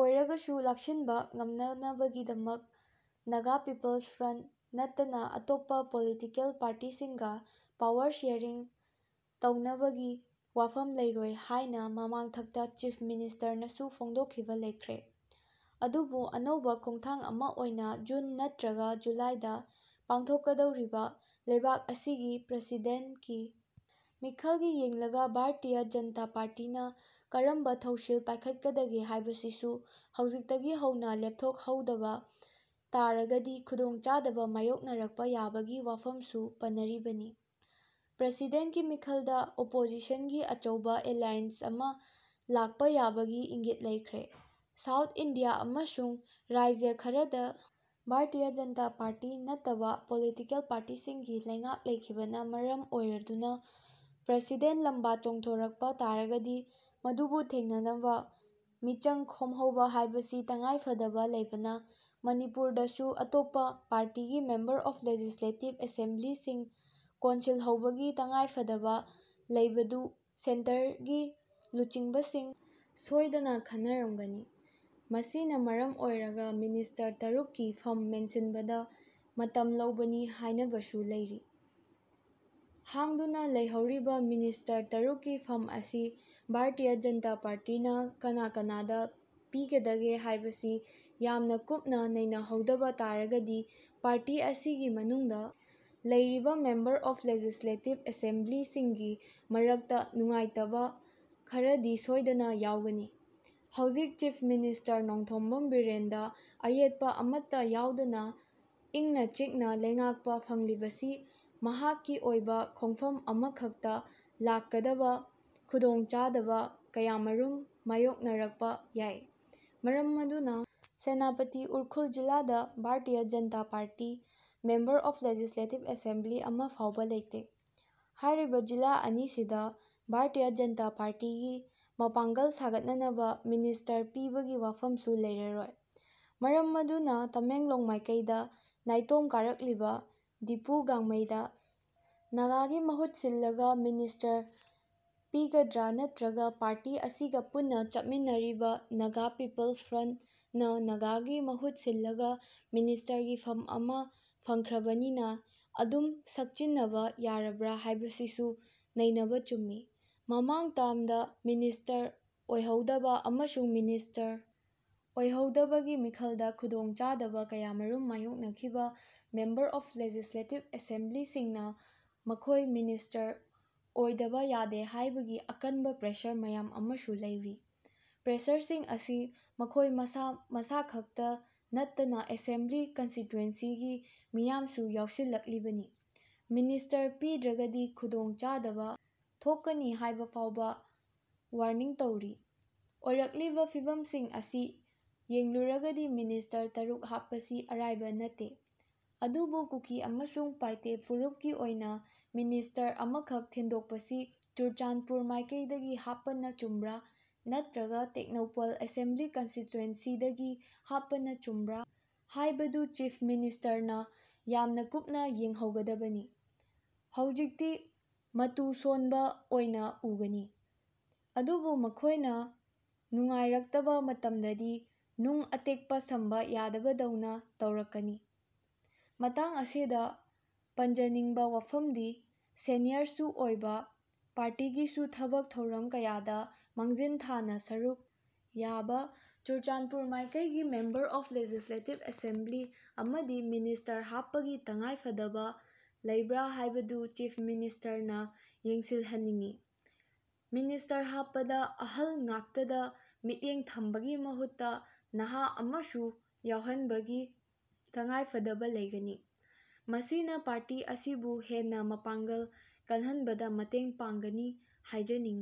ꯑꯣꯏꯔꯒꯁꯨ ꯂꯥꯛꯁꯤꯟꯕ ꯉꯝꯅꯅꯕꯒꯤꯗꯃꯛ ꯅꯥꯒꯥ ꯄꯤꯄꯜꯁ ꯐ꯭ꯔꯟꯠ ꯅꯠꯇꯅ ꯑꯇꯣꯞꯄ ꯄꯣꯂꯤꯇꯤꯀꯦꯜ ꯄꯥꯔꯇꯤꯁꯤꯡꯒ ꯄꯋꯥꯔ ꯁꯤꯌꯔꯤꯡ ꯇꯧꯅꯕꯒꯤ ꯋꯥꯐꯝ ꯂꯩꯔꯣꯏ ꯍꯥꯏꯅ ꯃꯃꯥꯡꯊꯛꯇ ꯆꯤꯐ ꯃꯤꯅꯤꯁꯇꯔꯅꯁꯨ ꯐꯣꯡꯗꯣꯛꯈꯤꯕ ꯂꯩꯈ꯭ꯔꯦ꯫ ꯑꯗꯨꯕꯨ ꯑꯅꯧꯕ ꯈꯣꯡꯊꯥꯡ ꯑꯃ ꯑꯣꯏꯅ ꯖꯨꯟ ꯅꯠꯇ꯭ꯔꯒ ꯖꯨꯂꯥꯏꯗ ꯄꯥꯡꯊꯣꯛꯀꯗꯧꯔꯤꯕ ꯂꯩꯕꯥꯛ ꯑꯁꯤꯒꯤ ꯄ꯭ꯔꯁꯤꯗꯦꯟꯠꯀꯤ ꯃꯤꯈꯜꯒꯤ ꯌꯦꯡꯂꯒ ꯕꯥꯔꯇꯤꯌꯥ ꯖꯟꯇꯥ ꯄꯥꯔꯇꯤꯅ ꯀꯔꯝꯕ ꯊꯧꯁꯤꯜ ꯄꯥꯏꯈꯠꯀꯗꯒꯦ ꯍꯥꯏꯕꯁꯤꯁꯨ ꯍꯧꯖꯤꯛꯇꯒꯤ ꯍꯧꯅ ꯂꯦꯞꯊꯣꯛꯍꯧꯗꯕ ꯇꯥꯔꯒꯗꯤ ꯈꯨꯗꯣꯡꯆꯥꯗꯕ ꯃꯥꯌꯣꯛꯅꯔꯛꯄ ꯌꯥꯕꯒꯤ ꯋꯥꯐꯝꯁꯨ ꯄꯟꯅꯔꯤꯕꯅꯤ꯫ ꯄ꯭ꯔꯁꯤꯗꯦꯟꯀꯤ ꯃꯤꯈꯜꯗ ꯑꯣꯄꯣꯖꯤꯁꯟꯒꯤ ꯑꯆꯧꯕ ꯑꯦꯂꯥꯏꯌꯦꯟꯁ ꯑꯃ ꯂꯥꯛꯄ ꯌꯥꯕꯒꯤ ꯏꯪꯒꯤꯠ ꯂꯩꯈ꯭ꯔꯦ꯫ ꯁꯥꯎꯠ ꯏꯟꯗꯤꯌꯥ ꯑꯃꯁꯡ ꯔꯥꯢꯖ ꯈꯔꯗ ꯕꯥꯔꯇꯤꯌꯥ ꯖꯟꯇꯥ ꯄꯥꯔꯇꯤ ꯅꯠꯇꯕ ꯄꯣꯂꯤꯇꯤꯀꯦꯜ ꯄꯥꯔꯇꯤꯁꯤꯡꯒꯤ ꯂꯩꯉꯥꯛ ꯂꯩꯈꯤꯕꯅ ꯃꯔꯝ ꯑꯣꯏꯔꯗꯨꯅ ꯄ꯭ꯔꯁꯤꯗꯦꯟ ꯂꯝꯕꯥ ꯆꯣꯡꯊꯣꯔꯛꯄ ꯇꯥꯔꯒꯗꯤ ꯃꯗꯨꯕꯨ ꯊꯦꯡꯅꯅꯕ ꯃꯤꯆꯪ ꯈꯣꯝꯍꯧꯕ ꯍꯥꯏꯕꯁꯤ ꯇꯉꯥꯏꯐꯗꯕ ꯂꯩꯕꯅ ꯃꯅꯤꯄꯨꯔꯗꯁꯨ ꯑꯇꯣꯞꯄ ꯄꯥꯔꯇꯤꯒꯤ ꯃꯦꯝꯕꯔ ꯑꯣꯐ ꯂꯦꯖꯤꯁꯂꯦꯇꯤꯚ ꯑꯦꯁꯦꯝꯕ꯭ꯂꯤꯁꯤꯡ ꯀꯣꯟꯁꯤꯜꯍꯧꯕꯒꯤ ꯇꯉꯥꯏꯐꯗꯕ ꯂꯩꯕꯗꯨ ꯁꯦꯟꯇꯔꯒꯤ ꯂꯨꯆꯤꯡꯕꯁꯤꯡ ꯁꯣꯏꯗꯅ ꯈꯟꯅꯔꯝꯒꯅꯤ꯫ ꯃꯁꯤꯅ ꯃꯔꯝ ꯑꯣꯏꯔꯒ ꯃꯤꯅꯤꯁꯇꯔ ꯇꯔꯨꯛꯀꯤ ꯐꯝ ꯃꯦꯟꯁꯤꯟꯕꯗ ꯃꯇꯝ ꯂꯧꯕꯅꯤ ꯍꯥꯏꯅꯕꯁꯨ ꯂꯩꯔꯤ꯫ ꯍꯥꯡꯗꯨꯅ ꯂꯩꯍꯧꯔꯤꯕ ꯃꯤꯅꯤꯁꯇꯔ ꯇꯔꯨꯛꯀꯤ ꯐꯝ ꯑꯁꯤ ꯕꯥꯔꯇꯤꯌꯥ ꯖꯟꯇꯥ ꯄꯥꯔꯇꯤꯅ ꯀꯅꯥ ꯀꯅꯥꯗ ꯄꯤꯒꯗꯒꯦ ꯍꯥꯏꯕꯁꯤ ꯌꯥꯝꯅ ꯀꯨꯞꯅ ꯅꯩꯅꯍꯧꯗꯕ ꯇꯥꯔꯒꯗꯤ ꯄꯥꯔꯇꯤ ꯑꯁꯤꯒꯤ ꯃꯅꯨꯡꯗ ꯂꯩꯔꯤꯕ ꯃꯦꯝꯕꯔ ꯑꯣꯐ ꯂꯦꯖꯤꯁꯂꯦꯇꯤꯚ ꯑꯦꯁꯦꯝꯕ꯭ꯂꯤꯁꯤꯡꯒꯤ ꯃꯔꯛꯇ ꯅꯨꯡꯉꯥꯏꯇꯕ ꯈꯔꯗꯤ ꯁꯣꯏꯗꯅ ꯌꯥꯎꯒꯅꯤ꯫ ꯍꯧꯖꯤꯛ ꯆꯤꯐ ꯃꯤꯅꯤꯁꯇꯔ ꯅꯣꯡꯊꯣꯝꯕꯝ ꯕꯤꯔꯦꯟꯗ ꯑꯌꯦꯠꯄ ꯑꯃꯠꯇ ꯌꯥꯎꯗꯅ ꯏꯪꯅ ꯆꯤꯛꯅ ꯂꯩꯉꯥꯛꯄ ꯐꯪꯂꯤꯕꯁꯤ ꯃꯍꯥꯛꯀꯤ ꯑꯣꯏꯕ ꯈꯣꯡꯐꯝ ꯑꯃꯈꯛꯇ ꯂꯥꯛꯀꯗꯕ ꯈꯨꯗꯣꯡꯆꯥꯗꯕ ꯀꯌꯥꯃꯔꯨꯝ ꯃꯥꯌꯣꯛꯅꯔꯛꯄ ꯌꯥꯏ꯫ ꯃꯔꯝ ꯑꯗꯨꯅ ꯁꯦꯅꯥꯄꯇꯤ, ꯎꯈ꯭ꯔꯨꯜ ꯖꯤꯂꯥꯗ Bharatiya Janata Party member of legislative assembly ꯑꯃ ꯐꯥꯎꯕ ꯂꯩꯇꯦ꯫ ꯍꯥꯏꯔꯤꯕ ꯖꯤꯂꯥ ꯑꯅꯤꯁꯤꯗ ꯕꯥꯔꯇꯤꯌꯥ ꯖꯟꯇꯥ ꯄꯥꯔꯇꯤꯒꯤ ꯃꯄꯥꯡꯒꯜ ꯁꯥꯒꯠꯅꯅꯕ ꯃꯤꯅꯤꯁꯇꯔ ꯄꯤꯕꯒꯤ ꯋꯥꯐꯝꯁꯨ ꯂꯩꯔꯔꯣꯏ꯫ ꯃꯔꯝ ꯑꯗꯨꯅ ꯇꯃꯦꯡꯂꯣꯡ ꯃꯥꯏꯀꯩꯗ ꯅꯥꯏꯇꯣꯝ ꯀꯥꯔꯛꯂꯤꯕ ꯗꯤꯄꯨ ꯒꯥꯡꯃꯩꯗ ꯅꯥꯒꯥꯒꯤ ꯃꯍꯨꯠ ꯁꯤꯜꯂꯒ ꯃꯤꯅꯤꯁꯇꯔ ꯄꯤꯒꯗ꯭ꯔꯥ ꯅꯠꯇ꯭ꯔꯒ ꯄꯥꯔꯇꯤ ꯑꯁꯤꯒ ꯄꯨꯟꯅ ꯆꯠꯃꯤꯟꯅꯔꯤꯕ ꯅꯒꯥ ꯄꯤꯄꯜ꯭ꯁ ꯐ꯭ꯔꯟ꯭ꯇ ꯅ ꯅꯥꯒꯥꯒꯤ ꯃꯍꯨꯠ ꯁꯤꯜꯂꯒ ꯃꯤꯅꯤꯁꯇꯔꯒꯤ ꯐꯝ ꯑꯃ ꯐꯪꯈ꯭ꯔꯕꯅꯤꯅ ꯑꯗꯨꯝ ꯁꯛꯆꯤꯟꯅꯕ ꯌꯥꯔꯕ꯭ꯔꯥ ꯍꯥꯏꯕꯁꯤꯁꯨ ꯅꯩꯅꯕ ꯆꯨꯝꯃꯤ꯫ ꯃꯃꯥꯡ ꯇꯥꯔ꯭ꯃꯗ ꯃꯤꯅꯤꯁꯇꯔ ꯑꯣꯏꯍꯧꯗꯕ ꯑꯃꯁꯨꯡ ꯃꯤꯅꯤꯁꯇꯔ ꯑꯣꯏꯍꯧꯗꯕꯒꯤ ꯃꯤꯈꯜꯗ ꯈꯨꯗꯣꯡꯆꯥꯗꯕ ꯀꯌꯥꯃꯔꯨꯝ ꯃꯥꯌꯣꯛꯅꯈꯤꯕ ꯃꯦꯝꯕꯔ ꯑꯣꯐ ꯂꯦꯖꯤꯁꯂꯦꯇꯤꯚ ꯑꯦꯁꯦꯝꯕ꯭ꯂꯤꯁꯤꯡꯅ ꯃꯈꯣꯏ ꯃꯤꯅꯤꯁꯇꯔ ꯑꯣꯏꯗꯕ ꯌꯥꯗꯦ ꯍꯥꯏꯕꯒꯤ ꯑꯀꯟꯕ ꯄ꯭ꯔꯦꯁꯔ ꯃꯌꯥꯝ ꯑꯃꯁꯨ ꯂꯩꯔꯤ꯫ ꯄ꯭ꯔꯦꯁꯔꯁꯤꯡ ꯑꯁꯤ ꯃꯈꯣꯏ ꯃꯁꯥ ꯃꯁꯥꯈꯛꯇ ꯅꯠꯇꯅ ꯑꯦꯁꯦꯝꯕ꯭ꯂꯤ ꯀꯟꯁꯇꯤꯇꯨꯌꯦꯟꯁꯤꯒꯤ ꯃꯤꯌꯥꯝꯁꯨ ꯌꯥꯎꯁꯤꯜꯂꯛꯂꯤꯕꯅꯤ꯫ ꯃꯤꯅꯤꯁꯇꯔ ꯄꯤꯗ꯭ꯔꯒꯗꯤ ꯈꯨꯗꯣꯡ ꯆꯥꯗꯕ ꯊꯣꯛꯀꯅꯤ ꯍꯥꯏꯕ ꯐꯥꯎꯕ ꯋꯥꯔꯅꯤꯡ ꯇꯧꯔꯤ꯫ ꯑꯣꯏꯔꯛꯂꯤꯕ ꯐꯤꯚꯝꯁꯤꯡ ꯑꯁꯤ ꯌꯦꯡꯂꯨꯔꯒꯗꯤ ꯃꯤꯅꯤꯁꯇꯔ ꯇꯔꯨꯛ ꯍꯥꯞꯄꯁꯤ ꯑꯔꯥꯏꯕ ꯅꯠꯇꯦ꯫ ꯑꯗꯨꯕꯨ ꯀꯨꯀꯤ ꯑꯃꯁꯨꯡ ꯄꯥꯏꯇꯦ ꯐꯨꯔꯨꯞꯀꯤ ꯑꯣꯏꯅ ꯃꯤꯅꯤꯁꯇꯔ ꯑꯃꯈꯛ ꯊꯤꯟꯗꯣꯛꯄꯁꯤ ꯆꯨꯔꯥꯆꯥꯟꯄꯨꯔ ꯃꯥꯏꯀꯩꯗꯒꯤ ꯍꯥꯞꯄꯅ ꯆꯨꯝꯕ꯭ꯔꯥ ꯅꯠꯇ꯭ꯔꯒ ꯇꯦꯡꯅꯧꯄꯜ ꯑꯦꯁꯦꯝꯕ꯭ꯂꯤ ꯀꯟꯁꯇꯤꯇꯨꯌꯦꯟꯁꯤꯗꯒꯤ ꯍꯥꯞꯄꯅ ꯆꯨꯝꯕ꯭ꯔꯥ ꯍꯥꯏꯕꯗꯨ ꯆꯤꯐ ꯃꯤꯅꯤꯁꯇꯔꯅ ꯌꯥꯝꯅ ꯀꯨꯞꯅ ꯌꯦꯡꯍꯧꯒꯗꯕꯅꯤ꯫ ꯍꯧꯖꯤꯛꯇꯤ ꯃꯇꯨ ꯁꯣꯟꯕ ꯑꯣꯏꯅ ꯎꯒꯅꯤ꯫ ꯑꯗꯨꯕꯨ ꯃꯈꯣꯏꯅ ꯅꯨꯡꯉꯥꯏꯔꯛꯇꯕ ꯃꯇꯝꯗꯗꯤ ꯅꯨꯡ ꯑꯇꯦꯛꯄ ꯁꯝꯕ ꯌꯥꯗꯕꯗꯧꯅ ꯇꯧꯔꯛꯀꯅꯤ꯫ ꯃꯇꯥꯡ ꯑꯁꯤꯗ ꯄꯟꯖꯅꯤꯡꯕ ꯋꯥꯐꯝꯗꯤ, ꯁꯦꯅꯤꯌꯔꯁꯨ ꯑꯣꯏꯕ, ꯄꯥꯔꯇꯤꯒꯤꯁꯨ ꯊꯕꯛ ꯊꯧꯔꯝ ꯀꯌꯥꯗ ꯃꯥꯡꯖꯤꯟ ꯊꯥꯅ ꯁꯔꯨꯛ ꯌꯥꯕ ꯆꯨꯔꯥꯆꯥꯟꯄꯨꯔ ꯃꯥꯏꯀꯩꯒꯤ ꯃꯦꯝꯕꯔ ꯑꯣꯐ ꯂꯦꯖꯤꯁꯂꯦꯇꯤꯚ ꯑꯦꯁꯦꯝꯕ꯭ꯂꯤ ꯑꯃꯗꯤ ꯃꯤꯅꯤꯁꯇꯔ ꯍꯥꯞꯄꯒꯤ ꯇꯉꯥꯏꯐꯗꯕ ꯂꯩꯕ꯭ꯔꯥ ꯍꯥꯏꯕꯗꯨ ꯆꯤꯐ ꯃꯤꯅꯤꯁꯇꯔꯅ ꯌꯦꯡꯁꯤꯜꯍꯟꯅꯤꯡꯏ꯫ ꯃꯅꯤꯅꯤꯁꯇꯔ ꯍꯥꯞꯄꯗ ꯑꯍꯜ ꯉꯥꯛꯇꯗ ꯃꯤꯠꯌꯦꯡ ꯊꯝꯕꯒꯤ ꯃꯍꯨꯠꯇ ꯅꯍꯥ ꯑꯃꯁꯨ ꯌꯥꯎꯍꯟꯕꯒꯤ ꯇꯉꯥꯢꯐꯗꯕ ꯂꯩꯒꯅꯤ꯫ ꯃꯁꯤꯅ ꯄꯥꯔꯇꯤ ꯑꯁꯤꯕꯨ ꯍꯦꯟꯅ ꯃꯄꯥꯡꯒꯜ ꯀꯜꯍꯟꯕꯗ ꯃꯇꯦꯡ ꯄꯥꯡꯒꯅꯤ ꯍꯥꯏꯖꯅꯤꯡꯏ꯫